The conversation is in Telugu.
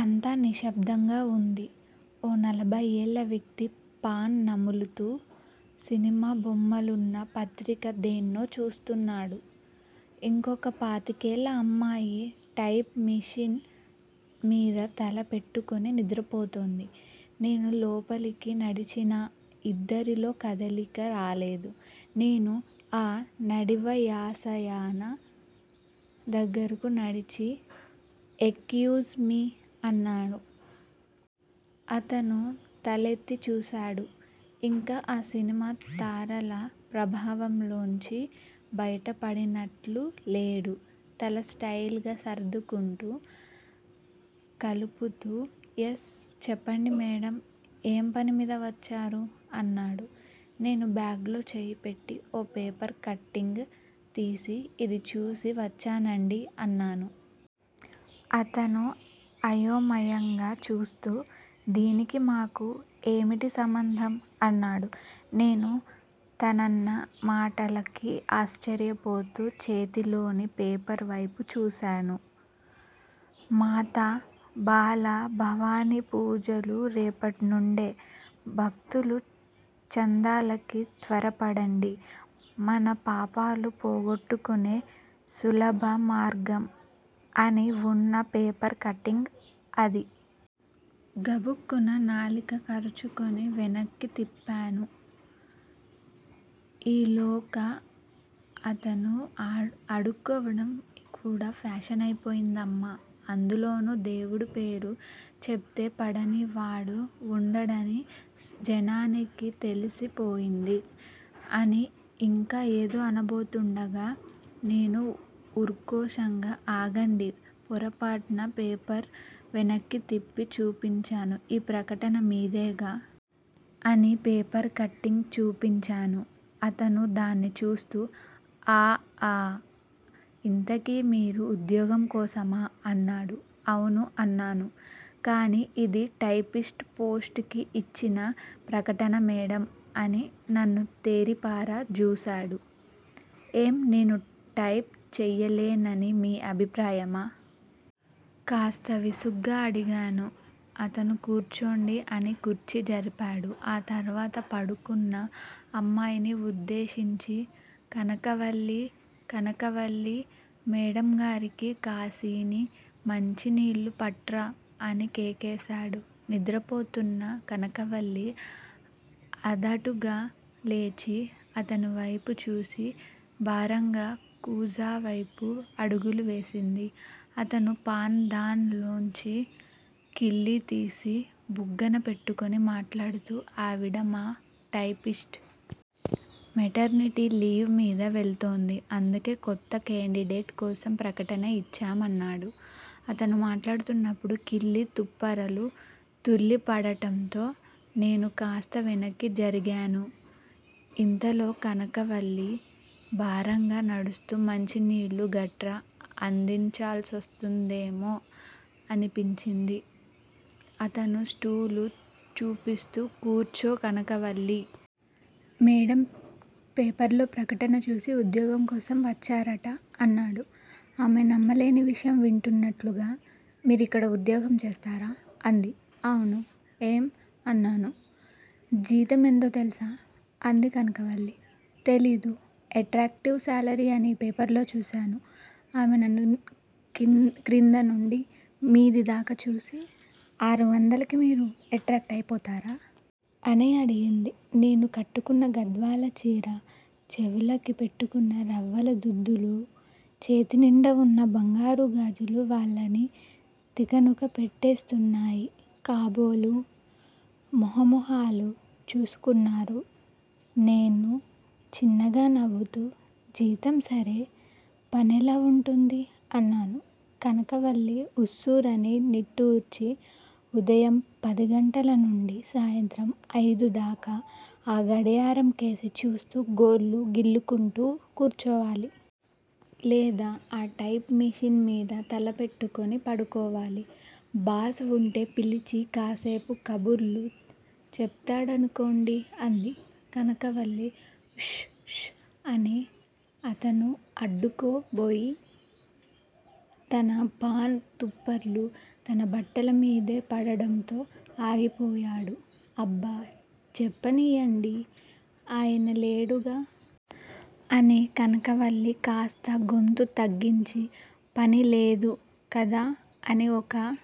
అంతా నిశ్శబ్దంగా వుంది. ఓ నలభై ఏళ్ళ వ్యక్తి పాన్ నములుతూ సినిమా బొమ్మలున్న పత్రిక దేన్నో చూస్తున్నాడు. ఇంకొక పాతికేళ్ళ అమ్మాయి టైప్ మిషన్ మీద తల పెట్టుకుని నిద్రపోతోంది. నేను లోపలికి నడిచినా ఇద్దరిలో కదలిక రాలేదు. నేను ఆ నడివయసాయన దగ్గరకు నడిచి- ఎక్యూజ్ మీ అన్నాను. అతను తలెత్తి చూశాడు. ఇంకా ఆ సినిమా తారల ప్రభావంలోంచి బయటపడినట్లు లేడు! తల స్టయిల్ గా సర్దుకుంటూ, కాలూపుతూ- ఎస్ చెప్పండి మేడమ్! ఏం పనిమీద వచ్చారూ? అన్నాడు. నేను బ్యాగ్ లో చెయ్యి పెట్టి ఓ పేపర్ కట్టింగ్ తీసి- ఇది చూసి వచ్చానండీ అన్నాను. అతను అయోమయంగా చూస్తూ- దీనికి మాకూ ఏవిటి సంబంధం? అన్నాడు. నేను తనన్న ఆ మాటలకి ఆశ్చర్యపోతూ చేతిలోని పేపర్ వైపు చూశాను. 'మాత బాల భవానీ పూజలు రేపట్నుండే, భక్తులు చందాలకి త్వరపడండి మన పాపాలు పోగొట్టుకునే సులభ మార్గం! ' అని వున్న పేపర్ కట్టింగ్ అది! గబుక్కున నాలిక కరుచుకుని వెనక్కి తిప్పాను. ఈలోగా అతను- అడుక్కోవడం కూడా ఫ్యాషన్ అయిపోయిందమ్మా! అందులోనూ దేవుడి పేరు చెప్తే పడని వాడు వుండడని జానానికి తెలిసి పోయింది అని ఇంకా ఏదో అనబోతుండగా- నేను ఉక్రోషంగా ఆగండి పోరపోట్న పేపర్ వెనక్కి తిప్పి చూపించాను ఈ ప్రకటన మీదేగా! అని పేపర్ కట్టింగ్ చూపించాను. అతను దాన్ని చూస్తూ- ఆఁ ఆఁ! ఇంతకీ మీరు ఉద్యోగం కోసమా? అన్నాడు. ఔను అన్నాను. కానీ ఇది టై పిస్ట్ పోస్ట్ కి ఇచ్చిన ప్రకటన మేడమ్ అని నన్ను తేరిపార జూశాడు. ఏం, నేను టైప్ చెయ్యలేననిమీ అభిప్రాయమా? కాస్త విసుగ్గా అడిగాను. అతను కూర్చోండి అని కుర్చీ జరిపాడు ఆ తర్వాత పడుకున్న అమ్మాయిని ఉద్దేశించి- కనక వల్లీ కనకవల్లీ మేడమ్గారికి కాసిని మంచినీళ్ళు పట్రా! అని కేకేశాడు. నిద్రపోతున్న కనకవల్లీ అదాటుగా లేచి, అతనివైపు చూసి, భారంగా కూజావైపు అడుగులు వేసింది. అతను పాన్ దాన్ లోంచి కిళ్లీ తీసి బుగ్గన పెట్టుకుని మాట్లాడ్తూ- ఆవిడ మా టై పిస్ట్! మెటర్నిటి లీవ్ మీద వెళ్తోంది. అందుకే కొత్త కేండిడేట్ కోసం ప్రకటన ఇచ్చాం అన్నాడు. అతను మాట్లాడ్తున్నప్పుడు కిళ్లీ తుంపరలు తుళ్ళి పడటంతో నేను కాస్త వెనక్కి జరిగాను. ఇంతలో కనకవల్లి భారంగా నడుస్తూ మంచి నీళ్ళూ గట్రా అందించాల్సోస్తుందేమో అనిపించింది. అతను స్టూలు చూపిస్తూ- కూర్చో కనకవల్లి! మేడమ్ పేపర్లో ప్రకటన చూసి ఉద్యోగం కోసం వచ్చారట అన్నాడు. ఆమె నమ్మలేని విషయం వింటున్నట్లుగా- మీరు ఇక్కడ ఉద్యోగం చేస్తారా? అంది. ఔనూ ఏం? అన్నాను. జీతం ఎంతో తెలుసా? అంది కనకవల్లి. తెలీదు ఎట్రాక్టివ్ శాలరీ అని పేపర్లో చూశాను ఆమె నన్ను క్రింద నుండి మీది దాకా చూసి, ఆరువందలకి మీరు ఎట్రాక్ట్ అయిపోతారా? అని అడిగింది. నేను కట్టుకున్న గద్వాలచీరా, చెవులకి పెట్టుకున్న రవ్వల దుద్దులూ, చేతినిండా వున్న బంగారు గాజులూ వాళ్ళని తికనుక పెట్టెస్తున్నాయి కాబోలు! మొహ మొహాలు చూసుకున్నారు. నేను చిన్నగా నవ్వుతూ- జీతం సరే! పనెలా వుంటుంది? అన్నాను. కనకవల్లి ఉస్సూరని నిట్టూర్చి- ఉదయం పదిగంటల నుండి సాయంత్రం ఐదు దాకా ఆ గడియారం కేసి చూస్తూ గోళ్ళు గిల్లుకుంటూ కూర్చోవాలి! లేదా ఆ టైప్ మిషన్ మీద తల పెట్టుకుని పడుకోవాలి! బాస్ వుంటే పిలిచి కాసేపు కబుర్లు చెప్తాడనుకొండీ అంది. కనకవల్లీ ఉష్ ష్ అని అతను అడ్డుకో బోయి, తన పాన్ తుంపర్లు తన బట్టలమీదే పడటంతో ఆగిపోయాడు. అబ్బా చెప్పనీయండీ ఆయన లేడుగా అని కనకవల్లి కాస్త గొంతు తగ్గించి-' పని లేదు కదా అని ఒక